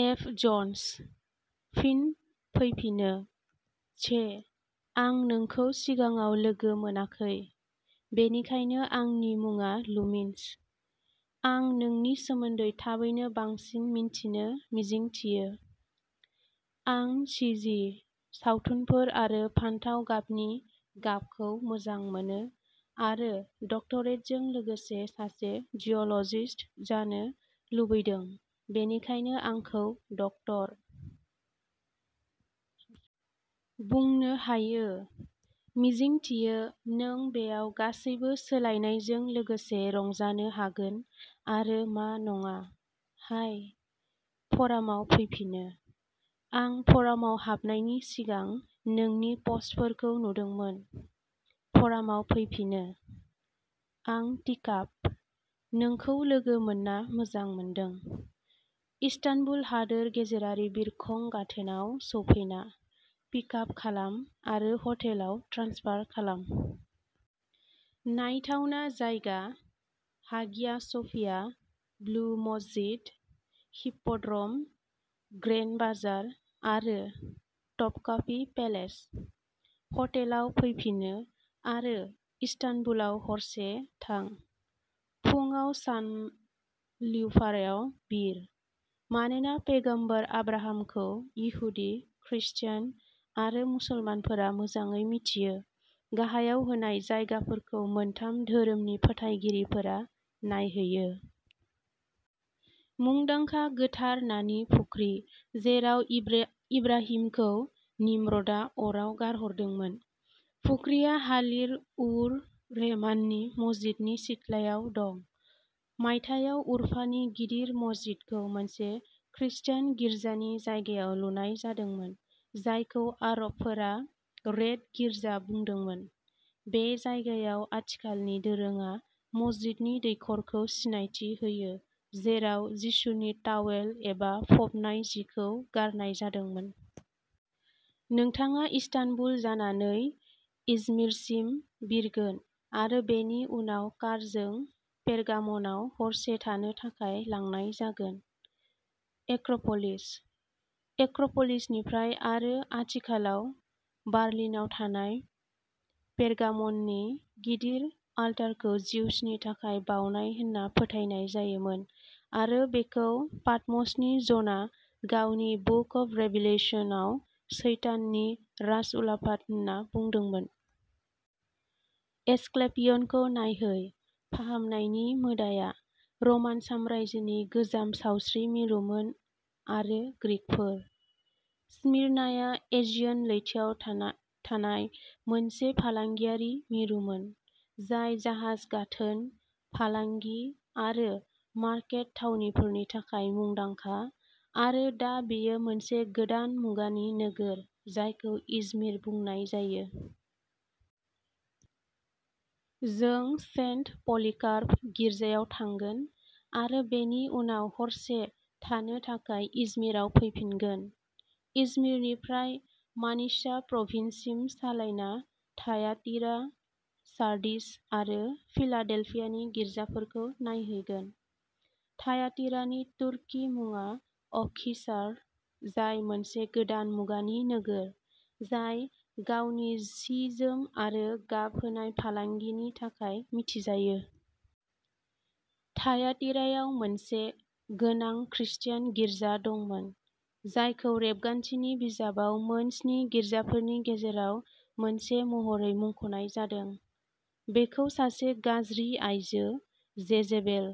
F. Jones. फिन फैफिनो, चे! आं नोंखौ सिगाङाव लोगो मोनाखै, बेनिखायनो आंनि मुङा लुमिनस! आं नोंनि सोमोन्दै थाबैनो बांसिन मिन्थिनो मिजिंथियो। आं चिजि सावथुनफोर आरो फान्थाव गाबनि गाबखौ मोजां मोनो आरो डक्टरेटजों लोगोसे सासे जिअ'लजिस्ट जानो लुबैदों, बेनिखायनो आंखौ ड. बुंनो हायो। मिजिंथियो नों बेयाव गासैबो सोलायनायजों लोगोसे रंजानो हागोन आरो मा नङा। हाय! फरामाव फैफिनो! आं फरामाव हाबनायनि सिगां नोंनि पस्टफोरखौ नुदोंमोन। फरामाव फैफिनो। आं टीकाप। नोंखौ लोगो मोनना मोजां मोनदों! इस्तानबुल हादोर गेजेरारि बिरखं गाथोनाव सौफैना, पिक आप खालाम आरो हटेलाव ट्रेन्सफार खालाम। नायथावना जायगाः हागिया सोफिया, ब्लु मस्जिद, हिप्प'ड्र'म, ग्रेन्ड बाजार आरो टपकापि पेलेस। हटेलाव फैफिनो आरो इस्तानबुलाव हरसे थां। फुंआव सानलिउफारायाव बिर। मानोना पैगम्बर आब्राहामखौ इहुदि, खृस्टान आरो मुसलमानफोरा मोजाङै मिथियो, गाहायाव होनाय जायगाफोरखौ मोनथाम धोरोमनि फोथायगिरिफोरा नायहैयो। मुंदांखा गोथार नानि फुख्रि जेराव इब्राहिमखौ निम्र'दआ अराव गारहरदोंमोन। फुख्रिया हालिल-उर-रहमाननि मस्जिदनि सिथलायाव दं। मायथाइयाव उरफानि गिदिर मस्जिदखौ मोनसे खृस्टान गिर्जानि जायगायाव लुनाय जादोंमोन, जायखौ आरबफोरा "रेड गिर्जा" बुंदोंमोन। बे जायगायाव आथिखालनि दोरोङा मस्जिदनि दैखरखौ सिनायथि होयो जेराव जिसुनि तावेल एबा फबनाय जि खौ गारनाय जादोंमोन। नोंथाङा इस्तानबुल जानानै इजमिरसिम बिरगोन आरो बेनि उनाव कारजों पेरगाम'नआव हरसे थानो थाखाय लांनाय जागोन। एक्रोपोलिसः एक्रोपोलिसनिफ्राय आरो आथिखालाव बार्लिनआव थानाय पेरगाम'ननि गिदिर आलतारखौ जिउसनि थाखाय बावनाय होनना फोथायनाय जायोमोन आरो बेखौ पाटम'सनि ज'ना गावनि बुक अफ रेभिलेशन आव "सैताननि राजउलाफाद" होन्ना बुंदोंमोन। एसक्लेपियनखौ नायहै, फाहामनायनि मोदाया, रमान साम्रायजोनि गोजाम सावस्रि मिरुमोन आरो ग्रीकफोर। स्मिरनाया एजियन लैथोआव थानाय मोनसे फालांगियारि मिरुमोन, जाय जाहाज गाथोन, फालांगि आरो मारकेट थावनिफोरनि थाखाय मुंदांखा, आरो दा बेयो मोनसे गोदान मुगानि नोगोर, जायखौ इजमिर बुंनाय जायो। जों सेन्ट पलिकार्प गिर्जायाव थांगोन आरो बेनि उनाव हरसे थानो थाखाय इजमिरआव फैफिनगोन। इजमिरनिफ्राय मानिसा प्रभिन्ससिम सालायना थायातिरा, सार्डिस आरो फिलाडेल्फियानि गिर्जाफोरखौ नायहैगोन। थायातिरानि तुर्की मुङा अखिसार, जाय मोनसे गोदान मुगानि नोगोर, जाय गावनि सि-जोम आरो गाब होनाय फालांगिनि थाखाय मिथिजायो। थायातिरायाव मोनसे गोनां खृस्टान गिर्जा दंमोन, जायखौ रेबगान्थिनि बिजाबाव मोनस्नि गिर्जाफोरनि गेजेराव मोनसे महरै मुंख'नाय जादों। बेखौ सासे गाज्रि आइजो, जेजेबेल,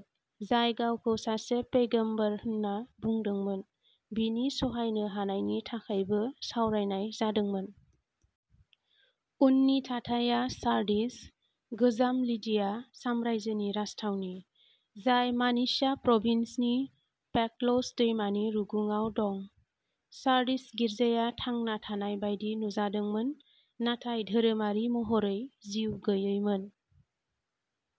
जाय गावखौ सासे पैगम्बर होनना बुंदोंमोन, बिनि सहायनो हानायनि थाखायबो सावरायनाय जादोंमोन। उननि थाथाया सार्डिस, गोजाम लिडिया साम्रायजोनि राजथावनि, जाय मानिसा प्रभिन्सनि पेक्टलस दैमानि रुगुङाव दं। सार्डिस गिर्जाया थांना थानाय बायदि नुजादोंमोन नाथाय धोरोमारि महरै जिउ गैयैमोन।